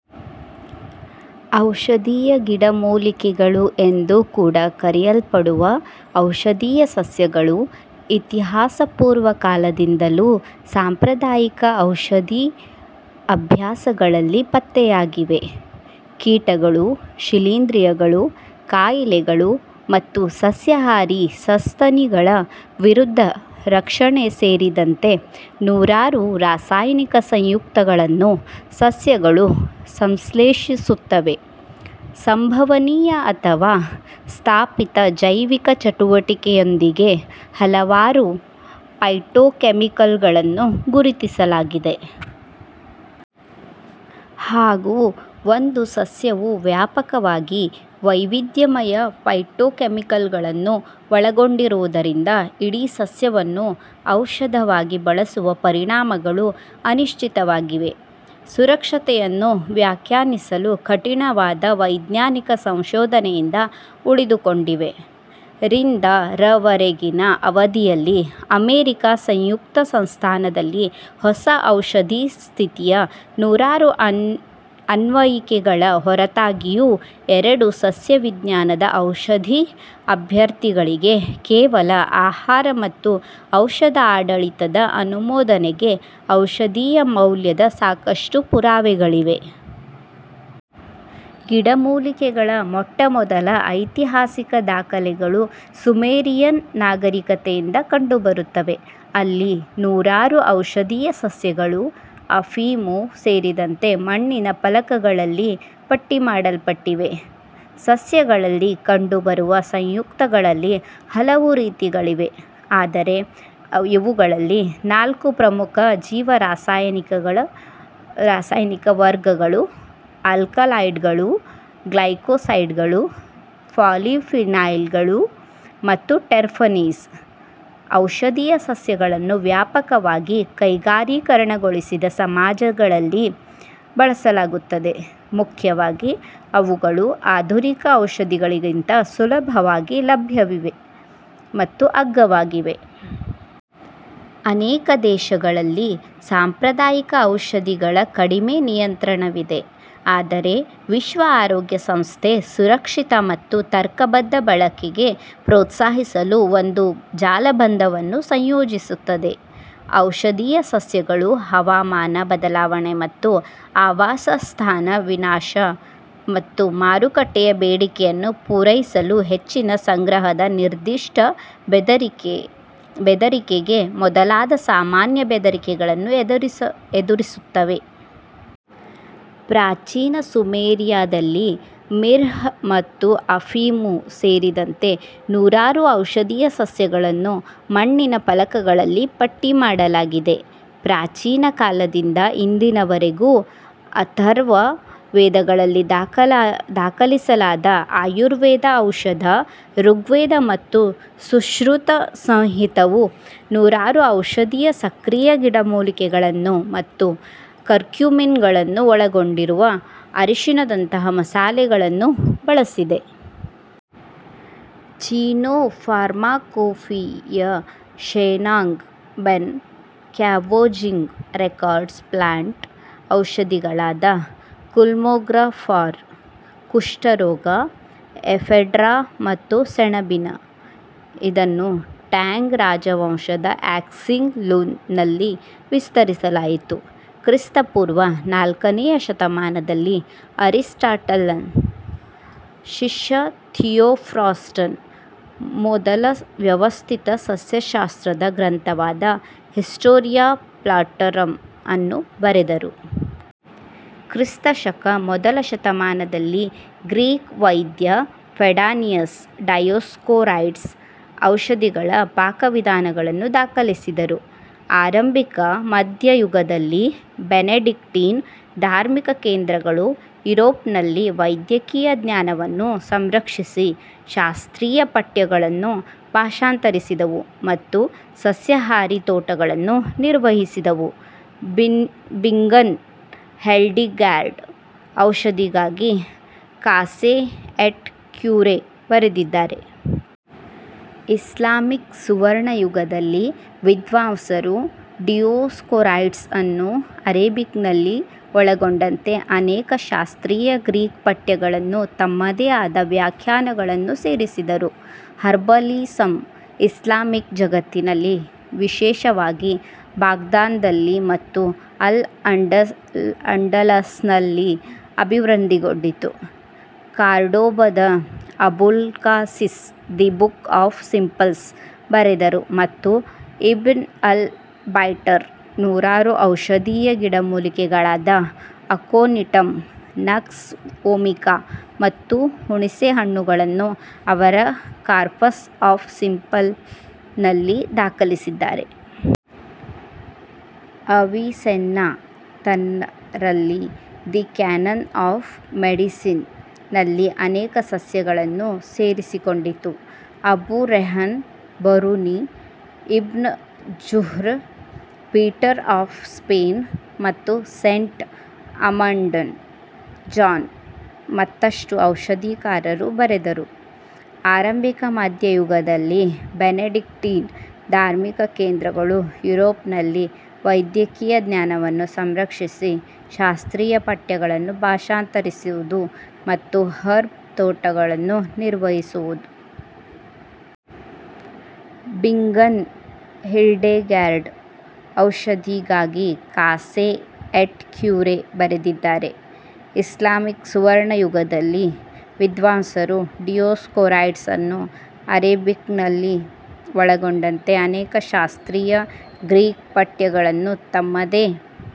ಔಷಧೀಯ ಗಿಡಮೂಲಿಕೆಗಳು ಎಂದು ಕೂಡ ಕರೆಯಲ್ಪಡುವ ಔಷಧೀಯ ಸಸ್ಯಗಳು ಇತಿಹಾಸಪೂರ್ವ ಕಾಲದಿಂದಲೂ ಸಾಂಪ್ರದಾಯಿಕ ಔಷಧಿ ಅಭ್ಯಾಸಗಳಲ್ಲಿ ಪತ್ತೆಯಾಗಿವೆ. ಕೀಟಗಳು, ಶಿಲೀಂಧ್ರಗಳು, ಕಾಯಿಲೆಗಳು ಮತ್ತು ಸಸ್ಯಾಹಾರಿ ಸಸ್ತನಿಗಳ ವಿರುದ್ಧ ರಕ್ಷಣೆ ಸೇರಿದಂತೆ ನೂರಾರು ರಾಸಾಯನಿಕ ಸಂಯುಕ್ತಗಳನ್ನು ಸಸ್ಯಗಳು ಸಂಶ್ಲೇಷಿಸುತ್ತವೆ. ಸಂಭವನೀಯ ಅಥವಾ ಸ್ಥಾಪಿತ ಜೈವಿಕ ಚಟುವಟಿಕೆಯೊಂದಿಗೆ ಹಲವಾರು ಫೈಟೊಕೆಮಿಕಲ್ಗಳನ್ನು ಗುರುತಿಸಲಾಗಿದೆ. ಹಾಗೂ, ಒಂದು ಸಸ್ಯವು ವ್ಯಾಪಕವಾಗಿ ವೈವಿಧ್ಯಮಯ ಫೈಟೋಕೆಮಿಕಲ್ಗಳನ್ನು ಒಳಗೊಂಡಿರುವುದರಿಂದ, ಇಡೀ ಸಸ್ಯವನ್ನು ಔಷಧವಾಗಿ ಬಳಸುವ ಪರಿಣಾಮಗಳು ಅನಿಶ್ಚಿತವಾಗಿವೆ. ಸುರಕ್ಷತೆಯನ್ನು ವ್ಯಾಖ್ಯಾನಿಸಲು ಕಠಿಣವಾದ ವೈಜ್ಞಾನಿಕ ಸಂಶೋಧನೆಯಿಂದ ಉಳಿದುಕೊಂಡಿವೆ. ರಿಂದ ರವರೆಗಿನ ಅವಧಿಯಲ್ಲಿ ಅಮೆರಿಕಾ ಸಂಯುಕ್ತ ಸಂಸ್ಥಾನದಲ್ಲಿ ಹೊಸ ಔಷಧಿ ಸ್ಥಿತಿಯ ನೂರಾರು ಅನ್ವಯಿಕೆಗಳ ಹೊರತಾಗಿಯೂ ಎರಡು ಸಸ್ಯವಿಜ್ಞಾನದ ಔಷಧಿ ಅಭ್ಯರ್ಥಿಗಳಿಗೆ ಕೇವಲ ಆಹಾರ ಮತ್ತು ಔಷಧ ಆಡಳಿತದ ಅನುಮೋದನೆಗೆ ಔಷಧೀಯ ಮೌಲ್ಯದ ಸಾಕಷ್ಟು ಪುರಾವೆಗಳಿವೆ. ಗಿಡಮೂಲಿಕೆಗಳ ಮೊಟ್ಟಮೊದಲ ಐತಿಹಾಸಿಕ ದಾಖಲೆಗಳು ಸುಮೆರಿಯನ್ ನಾಗರೀಕತೆಯಿಂದ ಕಂಡುಬರುತ್ತವೆ. ಅಲ್ಲಿ ನೂರಾರು ಔಷಧೀಯ ಸಸ್ಯಗಳು ಅಫೀಮು ಸೇರಿದಂತೆ ಮಣ್ಣಿನ ಫಲಕಗಳಲ್ಲಿ ಪಟ್ಟಿಮಾಡಲ್ಪಟ್ಟಿವೆ. ಸಸ್ಯಗಳಲ್ಲಿ ಕಂಡುಬರುವ ಸಂಯುಕ್ತಗಳಲ್ಲಿ ಹಲವು ರೀತಿಗಳಿವೆ, ಆದರೆ ಇವುಗಳಲ್ಲಿ ನಾಲ್ಕು ಪ್ರಮುಖ ಜೀವರಾಸಾಯನಿಕ ವರ್ಗಗಳು ಅಲ್ಕಲಾಯ್ಡ್ಗಳು, ಗ್ಲೈಕೋಸೈಡ್ಗಳು, ಪಾಲಿಫಿನಾಲ್ಗಳು ಮತ್ತು ಟೆರ್ಪನೀಸ್. ಔಷಧೀಯ ಸಸ್ಯಗಳನ್ನು ವ್ಯಾಪಕವಾಗಿ ಕೈಗಾರಿಕೀಕರಣಗೊಳಿಸದ ಸಮಾಜಗಳಲ್ಲಿ ಬಳಸಲಾಗುತ್ತದೆ, ಮುಖ್ಯವಾಗಿ ಅವುಗಳು ಆಧುನಿಕ ಔಷಧಿಗಳಿಗಿಂತ ಸುಲಭವಾಗಿ ಲಭ್ಯವಿವೆ ಮತ್ತು ಅಗ್ಗವಾಗಿವೆ. ಅನೇಕ ದೇಶಗಳಲ್ಲಿ, ಸಾಂಪ್ರದಾಯಿಕ ಔಷಧಿಗಳ ಕಡಿಮೆ ನಿಯಂತ್ರಣವಿದೆ, ಆದರೆ ವಿಶ್ವ ಆರೋಗ್ಯ ಸಂಸ್ಥೆ ಸುರಕ್ಷಿತ ಮತ್ತು ತರ್ಕಬದ್ಧ ಬಳಕೆಗೆ ಪ್ರೋತ್ಸಾಹಿಸಲು ಒಂದು ಜಾಲಬಂಧವನ್ನು ಸಂಯೋಜಿಸುತ್ತದೆ. ಔಷಧೀಯ ಸಸ್ಯಗಳು ಹವಾಮಾನ ಬದಲಾವಣೆ ಮತ್ತು ಆವಾಸಸ್ಥಾನ ವಿನಾಶ, ಮತ್ತು ಮಾರುಕಟ್ಟೆಯ ಬೇಡಿಕೆಯನ್ನು ಪೂರೈಸಲು ಹೆಚ್ಚಿನ ಸಂಗ್ರಹದ ನಿರ್ದಿಷ್ಟ ಬೆದರಿಕೆ ಮೊದಲಾದ ಸಾಮಾನ್ಯ ಬೆದರಿಕೆಗಳನ್ನು ಎದುರಿಸುತ್ತವೆ. ಪ್ರಾಚೀನ ಸುಮೇರಿಯಾದಲ್ಲಿ, ಮಿರ್ಹ್ ಮತ್ತು ಅಫೀಮು ಸೇರಿದಂತೆ ನೂರಾರು ಔಷಧೀಯ ಸಸ್ಯಗಳನ್ನು ಮಣ್ಣಿನ ಫಲಕಗಳಲ್ಲಿ ಪಟ್ಟಿಮಾಡಲಾಗಿದೆ. ಪ್ರಾಚೀನ ಕಾಲದಿಂದ ಇಂದಿನವರೆಗೂ ಅಥರ್ವ ವೇದದಲ್ಲಿ ದಾಖಲಿಸಲಾದ ಆಯುರ್ವೇದ ಔಷಧ, ರಿಗ್ವೇದ ಮತ್ತು ಸುಶ್ರುತ ಸಂಹಿತವು ನೂರಾರು ಔಷಧೀಯ ಸಕ್ರಿಯ ಗಿಡಮೂಲಿಕೆಗಳನ್ನು ಮತ್ತು ಕರ್ಕ್ಯುಮಿನ್ಗಳನ್ನು ಒಳಗೊಂಡಿರುವ ಅರಿಶಿನಂತಹ ಮಸಾಲೆಗಳನ್ನು ಬಳಸಿದೆ. ಚೀನೊ pharmacopoeia, Shennong Ben Cao Jing records plant ಔಷಧಿಗಳಾದ ಕುಲ್ಮೋಗ್ರ ಫಾರ್ ಕುಷ್ಠರೋಗ, ಎಫೆಡ್ರಾ ಮತ್ತು ಸೆಣಬಿನ. ಇದನ್ನು ಟ್ಯಾಂಗ್ ರಾಜವಂಶದ ಯಾಕ್ಸಿಂಗ್ ಲುನ್ ನಲ್ಲಿ ವಿಸ್ತರಿಸಲಾಯಿತು. ಕ್ರಿ. ಪೂ. ನಾಲ್ಕನೇ ಶತಮಾನದಲ್ಲಿ, ಅರಿಸ್ಟಾಟಲ್ನ ಶಿಷ್ಯ ಥಿಯೋಫ್ರಾಸ್ಟಸ್ ಮೊದಲ ವ್ಯವಸ್ಥಿತ ಸಸ್ಯಶಾಸ್ತ್ರದ ಗ್ರಂಥವಾದ ಹಿಸ್ಟೊರಿಯಾ ಪ್ಲಾಟರಮ್ ಅನ್ನು ಬರೆದರು. ಕ್ರಿಸ್ತ ಶಕ ಮೊದಲ ಶತಮಾನದಲ್ಲಿ, ಗ್ರೀಕ್ ವೈದ್ಯ ಪೆಡಾನಿಯಸ್ ಡಯೋಸ್ಕೋರೈಡ್ಸ್ ಔಷಧಿಗಳ ಪಾಕವಿಧಾನಗಳನ್ನು ದಾಖಲಿಸಿದರು. ಆರಂಭಿಕ ಮಧ್ಯ ಯುಗದಲ್ಲಿ, ಬೆನೆಡಿಕ್ಟೀನ್ ಧಾರ್ಮಿಕ ಕೇಂದ್ರಗಳು ಯುರೋಪ್ನಲ್ಲಿ ವೈದ್ಯಕೀಯ ಜ್ಞಾನವನ್ನು ಸಂರಕ್ಷಿಸಿ, ಶಾಸ್ತ್ರೀಯ ಪಠ್ಯಗಳನ್ನು ಭಾಷಾಂತರಿಸುವುದು ಮತ್ತು ಸಸ್ಯಹಾರಿ ತೋಟಗಳನ್ನು ನಿರ್ವಹಿಸುವುದು. ಬಿಂಗನ್ನ ಹಿಲ್ಡೆಗ್ಯಾರ್ಡ್ ಔಷಧಿಗಾಗಿ ಕಾಸೇ ಎಟ್ ಕ್ಯುರೆ ಬರೆದಿದ್ದಾರೆ. ಇಸ್ಲಾಮಿಕ್ ಸುವರ್ಣ ಯುಗದಲ್ಲಿ, ವಿದ್ವಾಂಸರು ಡಿಯೋಸ್ಕೋರೈಡ್ಸ್ಅನ್ನು ಅರೆಬಿಕ್ನಲ್ಲಿ ಒಳಗೊಂಡಂತೆ ಅನೇಕ ಶಾಸ್ತ್ರೀಯ ಗ್ರೀಕ್ ಪಠ್ಯಗಳನ್ನು ತಮ್ಮದೇ ಆದ ವ್ಯಾಖ್ಯಾನಗಳನ್ನು ಸೇರಿಸಿದರು. ಹರ್ಬಲಿಸಮ್ ಇಸ್ಲಾಮಿಕ್ ಜಗತ್ತಿನಲ್ಲಿ ವಿಶೇಷವಾಗಿ ಬಾಗ್ದಾದ್ನಲ್ಲಿ ಮತ್ತು ಅಲ್-ಅಂಡಲಸ್ನಲ್ಲಿ ಅಭಿವೃದ್ಧಿಗೊಂಡಿತು. ಕಾರ್ಡೊಬದ Abulcasis the book of simples ಬರೆದರು ಮತ್ತು ಇಬ್ನ್ ಅಲ್-ಬೈಟರ್ ನೂರಾರು ಔಷಧೀಯ ಗಿಡಮೂಲಿಕೆಗಳಾದ ಅಕೊನಿಟಮ್, ನಕ್ಸ್ ವೊಮಿಕಾ ಮತ್ತು ಹುಣಿಸೆಹಣ್ಣುಗಳನ್ನು ಅವರ ಕಾರ್ಪಸ್ ಆಫ್ ಸಿಂಪಲ್ನಲ್ಲಿ ದಾಖಲಿಸಿದ್ದಾರೆ. ಅವಿಸೆನ್ನಾ ತನ್ನ ರಲ್ಲಿ ದಿ ಕ್ಯಾನನ್ ಆಫ್ ಮೆಡಿಸಿನ್ ನಲ್ಲಿ ಅನೇಕ ಸಸ್ಯಗಳನ್ನು ಸೇರಿಸಿಕೊಂಡಿತು. Abu Rayhan Biruni, Ibn Zuhr, Peter of Spain, ಮತ್ತು ಸೇಂಟ್ ಅಮಂಡ್ನ ಜಾನ್ ಮತ್ತಷ್ಟು ಔಷಧಿಕಾರರು ಬರೆದರು. ಆರಂಭಿಕ ಮಧ್ಯ ಯುಗದಲ್ಲಿ, ಬೆನೆಡಿಕ್ಟೀನ್ ಧಾರ್ಮಿಕ ಕೇಂದ್ರಗಳು ಯುರೋಪ್ನಲ್ಲಿ ವೈದ್ಯಕೀಯ ಜ್ಞಾನವನ್ನು ಸಂರಕ್ಷಿಸಿ, ಶಾಸ್ತ್ರೀಯ ಪಠ್ಯಗಳನ್ನು ಭಾಷಾಂತರಿಸುವುದು ಮತ್ತು ಹರ್ಬ್ ತೋಟಗಳನ್ನು ನಿರ್ವಹಿಸುವುದು. ಬಿಂಗನ್ನ ಹಿಲ್ಡೆಗ್ಯಾರ್ಡ್ ಔಷಧಿಗಾಗಿ ಕಾಸೇ ಎಟ್ ಕ್ಯುರೆ ಬರೆದಿದ್ದಾರೆ. ಇಸ್ಲಾಮಿಕ್ ಸುವರ್ಣ ಯುಗದಲ್ಲಿ, ವಿದ್ವಾಂಸರು ಡಿಯೋಸ್ಕೋರೈಡ್ಸ್ಅನ್ನು ಅರೆಬಿಕ್ನಲ್ಲಿ ಒಳಗೊಂಡಂತೆ ಅನೇಕ ಶಾಸ್ತ್ರೀಯ ಗ್ರೀಕ್ ಪಠ್ಯಗಳನ್ನು ತಮ್ಮದೇ